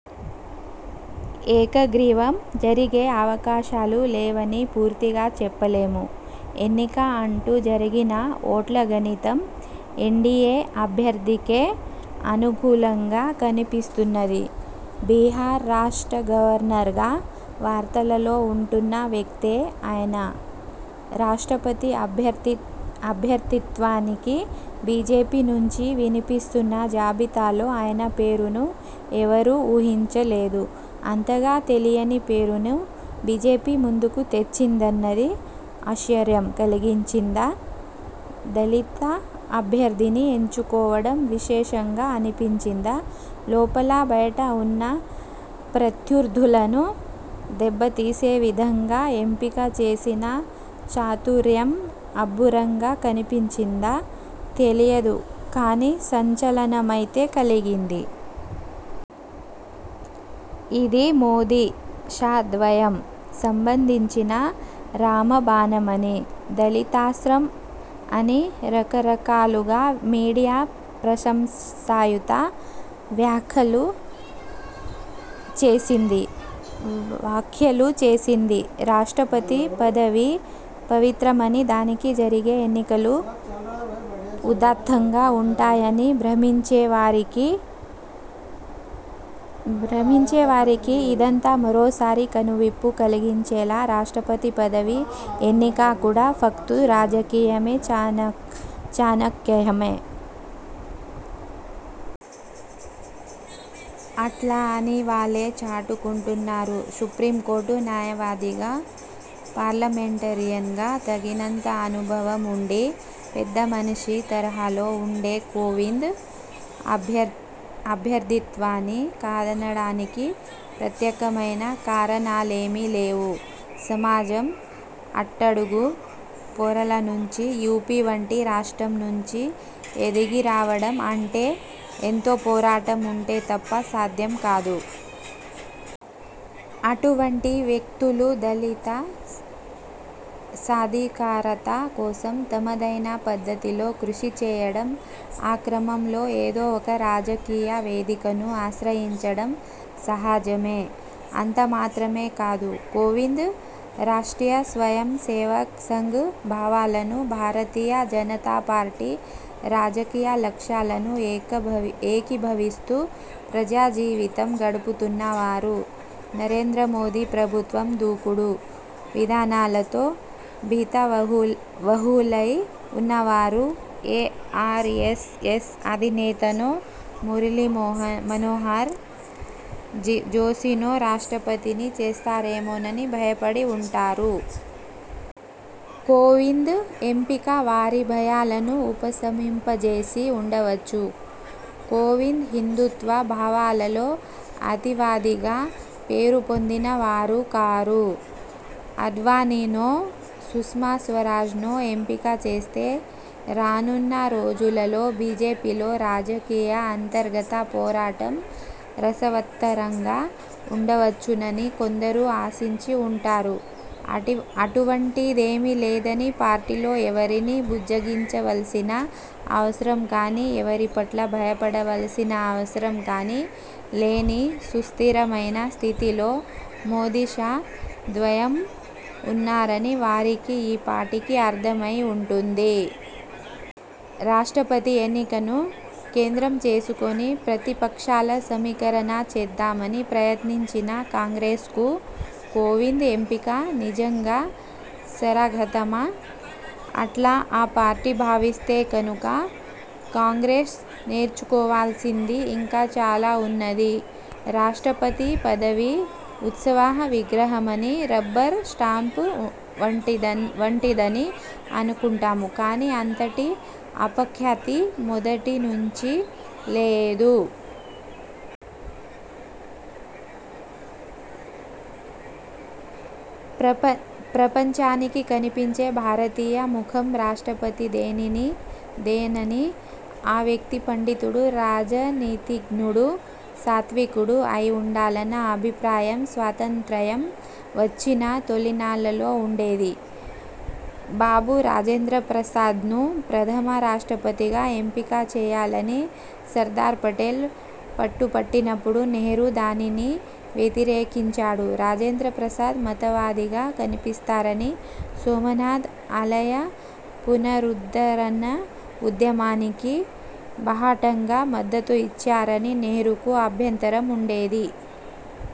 ఏకగ్రీవం జరిగే అవకాశాలు లేవని పూర్తిగా చెప్పలేము, ఎన్నిక అంటూ జరిగినా ఓట్ల గణితం ఎన్డీఏ అభ్యర్థికే అనుకూలంగా కనిపిస్తున్నది. బిహార్ రాష్ట్ర గవర్నర్గా వార్తలలో ఉంటున్న వ్యక్తే అయన, రాష్ట్రపతి అభ్యర్థిత్వానికి బీజేపీనుంచి వినిపిస్తున్న జాబితాలో ఆయన పేరును ఎవరూ ఊహించలేదు. అంతగా తెలియని పేరును బీజేపీ ముందుకు తెచ్చిందన్నది ఆశ్చర్యం కలిగించిందా, దళిత అభ్యర్థిని ఎంచుకోవడం విశేషంగా అనిపించిందా, లోపలా బయటా ఉన్న ప్రత్యర్థులను దెబ్బతీసేవిధంగా ఎంపిక చేసిన చాతుర్యం అబ్బురంగా కనిపించిందా– తెలియదు కానీ, సంచలనమైతే కలిగింది. ఇది మోదీ–షా ద్వయం సంబంధించిన రామబాణమని, దళితాస్త్రం అని రకరకాలుగా మీడియా ప్రశంసాయుత వ్యాఖ్యలు చేసింది. రాష్ట్రపతి పదవి పవిత్రమని, దానికి జరిగే ఎన్నికలు ఉదాత్తంగా ఉంటాయని భ్రమించే వారికి ఇదంతా మరోసారి కనువిప్పు కలిగించేల. రాష్ట్రపతి పదవి ఎన్నిక కూడా ఫక్తు రాజకీయమే, చాణక్యమే. అట్లా అని వాళ్లే చాటుకుంటున్నారు. సుప్రీంకోర్టు న్యాయవాదిగా, పార్లమెంటేరియన్గా తగినంత అనుభవం ఉండి, పెద్దమనిషి తరహాలో ఉండే కోవింద్ అభ్యర్థిత్వాన్ని కాదనడానికి ప్రత్యేకమైన కారణాలేమీలేవు. సమాజం అట్టడుగు పొరల నుంచి యూపీ వంటి రాష్ట్రం నుంచి ఎదిగి రావడం అంటే ఎంతో పోరాటం ఉంటే తప్ప సాధ్యం కాదు. అటువంటి వ్యక్తులు, దళిత సాధికారత కోసం తమదైన పద్ధతిలో కృషిచేయడం, ఆ క్రమంలో ఏదో ఒక రాజకీయ వేదికను ఆశ్రయించడం సహజమే. అంతమాత్రమే కాదు, కోవింద్ రాష్ర్టీయ స్వయంసేవక్ సంఘ్ భావాలను, భారతీయ జనతాపార్టీ రాజకీయ లక్ష్యాలను ఏకీభవిస్తూ ప్రజాజీవితం గడుపుతున్నవారు. నరేంద్రమోదీ ప్రభుత్వం దూకుడు విధానాలతో భీతావహులై ఉన్నవారు ఏ ఆర్ఎస్ఎస్ అధినేతనో, మురళీమనోహర్ జోషినో రాష్ట్రపతిని చేస్తారేమోనని భయపడి ఉంటారు. కోవింద్ ఎంపిక వారి భయాలను ఉపశమింపజేసి ఉండవచ్చు. కోవింద్ హిందూత్వ భావాలలో అతివాదిగా పేరుపొందినవారు కారు. ఆడ్వాణీనో సుష్మా స్వరాజ్నో ఎంపిక చేస్తే, రానున్న రోజులలో బీజేపీలో రాజకీయ అంతర్గత పోరాటం రసవత్తరంగా ఉండవచ్చునని కొందరు ఆశించి ఉంటారు. అటువంటిదేమీ లేదని, పార్టీలో ఎవరినీ బుజ్జగించవలసిన అవసరంకానీ, ఎవరిపట్లా భయపడవలసిన అవసరం కానీ లేని సుస్థిరమైన స్థితిలో మోదీ–షా ద్వయం ఉన్నారని వారికి ఈ పాటికి అర్థమై ఉంటుంది. రాష్ట్రపతి ఎన్నికను కేంద్రం చేసుకుని ప్రతిపక్షాల సమీకరణ చేద్దామని ప్రయత్నించిన కాంగ్రెస్కు– కోవింద్ ఎంపిక నిజంగా శరాఘాతమా? అట్లా ఆ పార్టీ భావిస్తే కనుక, కాంగ్రెస్ నేర్చుకోవలసింది ఇంకా చాలా ఉన్నది. రాష్ట్రపతి పదవి ఉత్సవ విగ్రహమని, రబ్బర్ స్టాంప్ వంటిదని అనుకుంటాము కానీ, అంతటి అపఖ్యాతి మొదటి నుంచి లేదు. ప్రపంచానికి కనిపించే భారతీయ ముఖం రాష్ట్రపతిదేనని, ఆ వ్యక్తి పండితుడు, రాజనీతిజ్ఞుడు, సాత్వికుడు అయి ఉండాలన్న అభిప్రాయం స్వాతంత్య్రం వచ్చిన తొలినాళ్లలో ఉండేది. బాబూ రాజేంద్రప్రసాద్ను ప్రథమ రాష్ట్రపతిగా ఎంపిక చేయాలని సర్దార్పటేల్ పట్టుపట్టినప్పుడు, నెహ్రూ దానిని వ్యతిరేకించాడు. రాజేంద్రప్రసాద్ మతవాదిగా కనిపిస్తారని, సోమనాథ్ ఆలయ పునరుద్ధరణఉద్యమానికి బాహాటంగా మద్దతు ఇచ్చారని నెహ్రూకు అభ్యంతరం ఉండేది.